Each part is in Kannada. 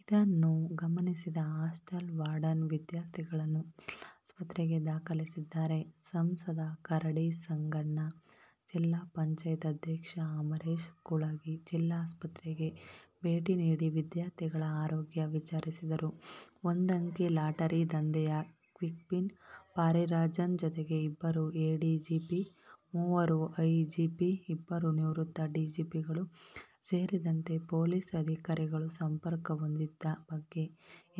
ಇದನ್ನು ಗಮನಿಸಿದ ಹಾಸ್ಟೆಲ್ ವಾರ್ಡನ್ ವಿದ್ಯಾರ್ಥಿಗಳನ್ನು ಜಿಲ್ಲಾಸ್ಪತ್ರೆಗೆ ದಾಖಲಿಸಿದ್ದಾರೆ. ಸಂಸದ ಕರಡಿ ಸಂಗಣ್ಣ, ಜಿ. ಪಂ. ಅಧ್ಯಕ್ಷ ಅಮರೇಶ ಕುಳಗಿ ಜಿಲ್ಲಾಸ್ಪತ್ರೆಗೆ ಭೇಟಿ ನೀಡಿ ವಿದ್ಯಾರ್ಥಿಗಳ ಆರೋಗ್ಯ ವಿಚಾರಿಸಿದರು. ಒಂದಂಕಿ ಲಾಟರಿ ದಂಧೆಯ ಕಿಂಗ್ಪಿನ್ ಪಾರಿರಾಜನ್ ಜೊತೆಗೆ ಇಬ್ಬರು ಎಡಿಜಿಪಿ, ಮೂವರು ಐಜಿಪಿ, ಇಬ್ಬರು ನಿವೃತ್ತ ಡಿಜಿಪಿಗಳು ಸೇರಿದಂತೆ ಪೊಲೀಸ್ ಅಧಿಕಾರಿಗಳು ಸಂಪರ್ಕ ಹೊಂದಿದ್ದ ಬಗ್ಗೆ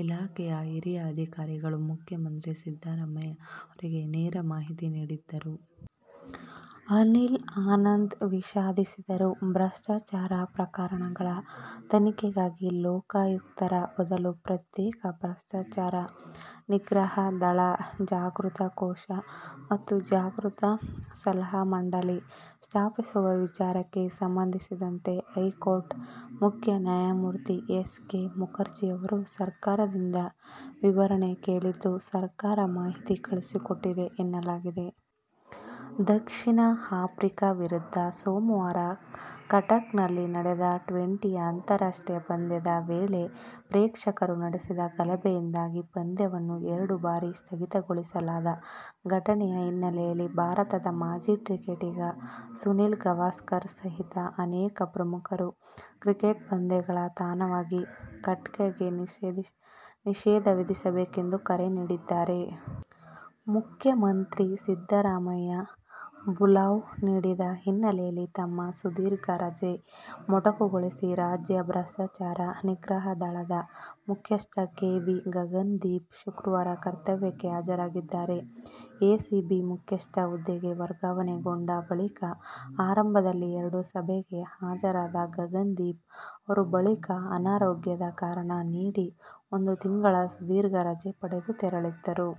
ಇಲಾಖೆಯ ಹಿರಿಯ ಅಧಿಕಾರಿಗಳು ಮುಖ್ಯಮಂತ್ರಿ ಸಿದ್ದರಾಮಯ್ಯ ಅವರಿಗೆ ನೇರ ಮಾಹಿತಿ ನೀಡಿದ್ದಾರೆ. ಅನಿಲ್ ಆನಂದ್ ವಿಷಾದಿಸಿದರು. ಭ್ರಷ್ಟಾಚಾರ ಪ್ರಕರಣಗಳ ತನಿಖೆಗಾಗಿ ಲೋಕಾಯುಕ್ತರ ಬದಲು ಪ್ರತ್ಯೇಕ ಭ್ರಷ್ಟಾಚಾರ ನಿಗ್ರಹ ದಳ, ಜಾಗೃತ ಕೋಶ ಮತ್ತು ಜಾಗೃತ ಸಲಹಾ ಮಂಡಳಿ ಸ್ಥಾಪಿಸುವ ವಿಚಾರಕ್ಕೆ ಸಂಬಂಧಿಸಿದಂತೆ ಹೈಕೋರ್ಟ್ ಮುಖ್ಯ ನ್ಯಾಯಮೂರ್ತಿ ಎಸ್. ಕೆ. ಮುಖರ್ಜಿ ಅವರು ಸರಕಾರದಿಂದ ವಿವರಣೆ ಕೇಳಿದ್ದು, ಸರಕಾರ ಮಾಹಿತಿ ಕಳುಹಿಸಿಕೊಟ್ಟಿದೆ ಎನ್ನಲಾಗಿದೆ. ದಕ್ಷಿಣ ಆಫ್ರಿಕ ವಿರುದ್ಧ ಸೋಮವಾರ ಕಟಕ್ನಲ್ಲಿ ನಡೆದ ಟ್ವೆಂಟಿ ಅಂತಾರಾಷ್ಟ್ರೀಯ ಪಂದ್ಯದ ವೇಳೆ ಪ್ರೇಕ್ಷಕರು ನಡೆಸಿದ ಗಲಭೆಯಿಂದಾಗಿ ಪಂದ್ಯವನ್ನು ಎರಡು ಬಾರಿ ಸ್ಥಗಿತಗೊಳಿಸಲಾದ ಘಟನೆಯ ಹಿನ್ನೆಲೆಯಲ್ಲಿ ಭಾರತದ ಮಾಜಿ ಕ್ರಿಕೆಟಿಗ ಸುನೀಲ್ ಗಾವಸ್ಕರ್ ಸಹಿತ ಅನೇಕ ಪ್ರಮುಖರು ಕ್ರಿಕೆಟ್ ಪಂದ್ಯಗಳ ತಾಣವಾಗಿ ಕಟಕ್ಗೆ ನಿಷೇಧ ವಿಧಿಸಬೇಕೆಂದು ಕರೆ ನೀಡಿದ್ದಾರೆ. ಮುಖ್ಯಮಂತ್ರಿ ಸಿದ್ದರಾಮಯ್ಯ ಬುಲಾವ್ ನೀಡಿದ ಹಿನ್ನೆಲೆಯಲ್ಲಿ ತಮ್ಮ ಸುದೀರ್ಘ ರಜೆ ಮೊಟಕುಗೊಳಿಸಿ ರಾಜ್ಯ ಭ್ರಷ್ಟಾಚಾರ ನಿಗ್ರಹ ದಳ ದ ಮುಖ್ಯಸ್ಥ ಕೆ. ವಿ. ಗಗನ್ ದೀಪ್ ಶುಕ್ರವಾರ ಕರ್ತವ್ಯಕ್ಕೆ ಹಾಜರಾಗಿದ್ದಾರೆ. ಎಸಿಬಿ ಮುಖ್ಯಸ್ಥ ಹುದ್ದೆಗೆ ವರ್ಗಾವಣೆಗೊಂಡ ಬಳಿಕ ಆರಂಭದಲ್ಲಿ ಎರಡು ಸಭೆಗೆ ಹಾಜರಾದ ಗಗನ್ ದೀಪ್ ಅವರು, ಬಳಿಕ ಅನಾರೋಗ್ಯದ ಕಾರಣ ನೀಡಿ ಒಂದು ತಿಂಗಳ ಸುದೀರ್ಘ ರಜೆ ಪಡೆದು ತೆರಳಿದ್ದರು.